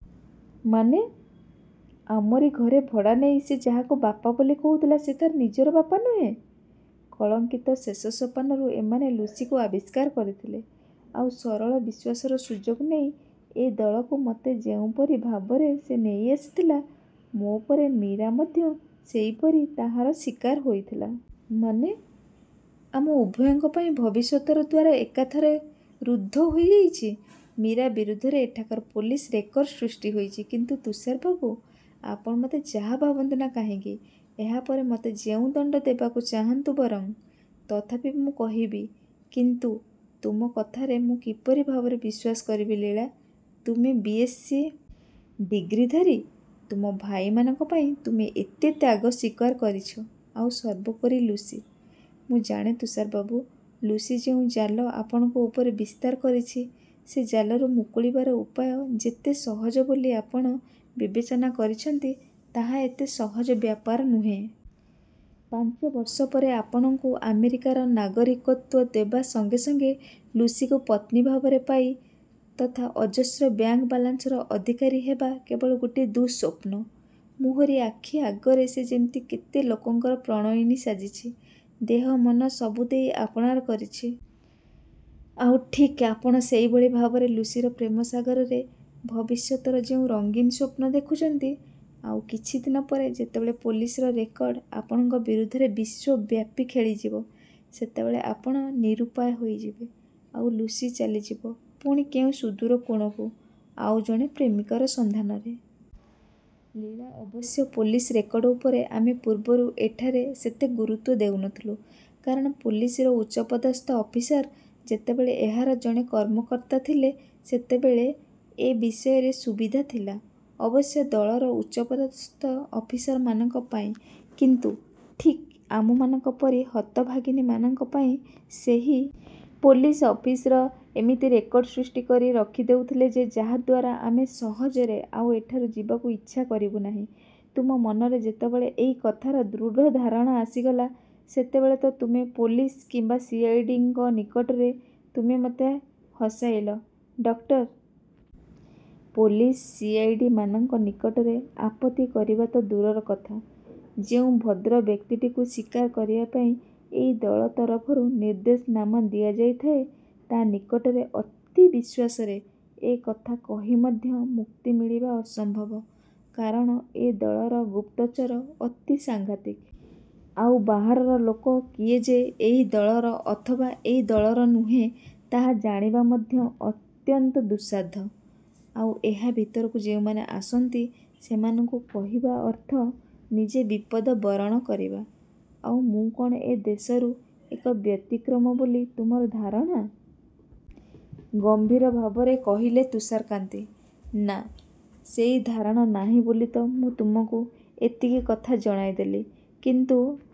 ମାନେ? ଆମରି ଘରେ ଭଡ଼ା ନେଇ ସେ ଯାହାକୁ ବାପା ବୋଲି କହୁଥିଲା, ସେ ତାର ନିଜର ବାପା ନୁହେଁ। କଳଙ୍କିତ ଶେଷ ସୋପାନରୁ ଏମାନେ ଲୁସିକୁ ଆବିଷ୍କାର କରିଥିଲେ। ଆଉ ସରଳ ବିଶ୍ୱାସର ସୁଯୋଗ ନେଇ ଏ ଦଳକୁ ମୋତେ ଯେଉଁପରି ଭାବରେ ସେ ନେଇଆସିଥିଲା, ମୋ ପରେ ମୀରା ମଧ୍ୟ ସେହିପରି ତାହାର ଶିକାର ହୋଇଥିଲା। ମାନେ, ଆମ ଉଭୟଙ୍କ ପାଇଁ ଭବିଷ୍ୟତରେ ଦ୍ୱାର ଏକାଥରେ ରୁଦ୍ଧ ହୋଇଯାଇଛି। ମୀରା ବିରୁଦ୍ଧରେ ଏଠାକାର ପୋଲିସ୍ ରେକର୍ଡ ସୃଷ୍ଟି ହୋଇଛି। କିନ୍ତୁ ତୁଷାର ବାବୁ, ଆପଣ ମୋତେ ଯାହା ଭାବନ୍ତୁ ନା କାହିଁକି, ଏହା ପରେ ମୋତେ ଯେଉଁ ଦଣ୍ଡ ଦେବାକୁ ଚାହାନ୍ତୁ ବରଂ, ତଥାପି ମୁଁ କହିବି କିନ୍ତୁ ତୁମ କଥାରେ ମୁଁ କିପରି ଭାବରେ ବିଶ୍ୱାସ କରିବି ଲୀଳା, ତୁମେ ବି.ଏସ୍‌ସି. ଡିଗ୍ରୀଧାରୀ, ତୁମ ଭାଇମାନଙ୍କ ପାଇଁ ତୁମେ ଏତେ ତ୍ୟାଗ ସ୍ୱୀକାର କରିଛ, ଆଉ ସର୍ବୋପରି ଲୁସି। ମୁଁ ଜାଣେ ତୁଷାର ବାବୁ, ଲୁସି ଯେଉଁ ଜାଲ ଆପଣଙ୍କ ଉପରେ ବିସ୍ତାର କରିଛି, ସେ ଜାଲରୁ ମୁକୁଳିବାର ଉପାୟ ଯେତେ ସହଜ ବୋଲି ଆପଣ ବିବେଚନା କରିଛନ୍ତି, ତାହା ଏତେ ସହଜ ବ୍ୟାପାର ନୁହେଁ। ପାଞ୍ଚ ବର୍ଷ ପରେ ଆପଣଙ୍କୁ ଆମେରିକାରେ ନାଗରିକତ୍ୱ ଦେବା ସଙ୍ଗେ ସଙ୍ଗେ ଲୁସିକୁ ପତ୍ନୀ ଭାବରେ ପାଇ ତଥା ଅଜସ୍ର ବ୍ୟାଙ୍କ ବାଲାନ୍ସର ଅଧିକାରୀ ହେବା କେବଳ ଗୋଟିଏ ଦୁଃସ୍ୱପ୍ନ। ମୋହରି ଆଖି ଆଗରେ ସେ ଏମିତି କେତେ ଲୋକଙ୍କର ପ୍ରଣୟିନୀ ସାଜିଛି। ଦେହ ମନ ସବୁ ଦେଇ ଆପଣାର କରିଛି। ଆଉ ଠିକ୍ ଆପଣ ସେହିଭଳି ଭାବରେ ଲୁସିର ପ୍ରେମ ସାଗରରେ ଭବିଷ୍ୟତର ଯେଉଁ ରଙ୍ଗୀନ୍ ସ୍ୱପ୍ନ ଦେଖୁଛନ୍ତି, ଆଉ କିଛିଦିନ ପରେ ଯେତେବେଳେ ପୋଲିସ୍‌ର ରେକର୍ଡ ଆପଣଙ୍କ ବିରୁଦ୍ଧରେ ବିଶ୍ୱବ୍ୟାପୀ ଖେଳିଯିବ, ସେତେବେଳେ ଆପଣ ନିରୁପାୟ ହୋଇଯିବେ, ଆଉ ଲୁସି ଚାଲିଯିବ ପୁଣି କେଉଁ ସୁଦୂର କୋଣକୁ ଆଉ ଜଣେ ପ୍ରେମିକର ସନ୍ଧାନରେ। ଲୀଳା, ଅବଶ୍ୟ ପୋଲିସ୍ ରେକର୍ଡ ଉପରେ ଆମେ ପୂର୍ବରୁ ଏଠାରେ ସେତେ ଗୁରୁତ୍ୱ ଦେଉନଥିଲୁ। କାରଣ ପୋଲିସ୍‌ର ଉଚ୍ଚପଦସ୍ଥ ଅଫିସର ଯେତେବେଳେ ଏହାର ଜଣେ କର୍ମକର୍ତ୍ତା ଥିଲେ, ସେତେବେଳେ ଏ ବିଷୟରେ ସୁବିଧା ଥିଲା, ଅବଶ୍ୟ ଦଳର ଉଚ୍ଚପଦସ୍ଥ ଅଫିସରମାନଙ୍କ ପାଇଁ। କିନ୍ତୁ ଠିକ୍ ଆମମାନଙ୍କ ପରି ହତଭାଗିନୀମାନଙ୍କ ପାଇଁ ସେହି। ପୋଲିସ୍ ଅଫିସର ଏମିତି ରେକର୍ଡ ସୃଷ୍ଟି କରି ରଖିଦେଉଥିଲେ ଯେ, ଯାହାଦ୍ୱାରା ଆମେ ସହଜରେ ଆଉ ଏଠାରୁ ଯିବାକୁ ଇଚ୍ଛା କରିବୁ ନାହିଁ। ତୁମ ମନରେ ଯେତେବେଳେ ଏହି କଥାର ଦୃଢ଼ ଧାରଣା ଆସିଗଲା, ସେତେବେଳେ ତ ତୁମେ ପୋଲିସ୍ କିମ୍ବା ସି.ଆଇ.ଡି.ଙ୍କ ନିକଟରେ ତୁମେ ମୋତେ ହସାଇଲ, ଡକ୍ଟର। ପୋଲିସ୍, ସି.ଆଇ.ଡି.ମାନଙ୍କ ନିକଟରେ ଆପତ୍ତି କରିବା ତ ଦୂରର କଥା, ଯେଉଁ ଭଦ୍ରବ୍ୟକ୍ତିଟିକୁ ଶିକାର କରିବା ପାଇଁ ଏହି ଦଳ ତରଫରୁ ନିର୍ଦ୍ଦେଶନାମା ଦିଆଯାଇଥାଏ, ତା ନିକଟରେ ଅତି ବିଶ୍ୱାସରେ ଏ କଥା କହି ମଧ୍ୟ ମୁକ୍ତି ମିଳିବା ଅସମ୍ଭବ। କାରଣ ଏ ଦଳର ଗୁପ୍ତଚର ଅତି ସାଙ୍ଘାତିକ। ଆଉ ବାହାରର ଲୋକ କିଏ ଯେ ଏହି ଦଳର ଅଥବା ଏହି ଦଳର ନୁହେଁ, ତାହା ଜାଣିବା ମଧ୍ୟ ଅତ୍ୟନ୍ତ ଦୁଃସାଧ। ଆଉ ଏହା ଭିତରକୁ ଯେଉଁମାନେ ଆସନ୍ତି, ସେମାନଙ୍କୁ କହିବା ଅର୍ଥ ନିଜେ ବିପଦ ବରଣ କରିବା। ଆଉ ମୁଁ କଣ ଏ ଦେଶରୁ ଏକ ବ୍ୟତିକ୍ରମ ବୋଲି ତୁମର ଧାରଣା? ଗମ୍ଭୀର ଭାବରେ କହିଲେ ତୁଷାରକାନ୍ତି। ନା, ସେହି ଧାରଣା ନାହିଁ ବୋଲି ତ ମୁଁ ତୁମକୁ ଏତିକି କଥା ଜଣାଇଦେଲି। କିନ୍ତୁ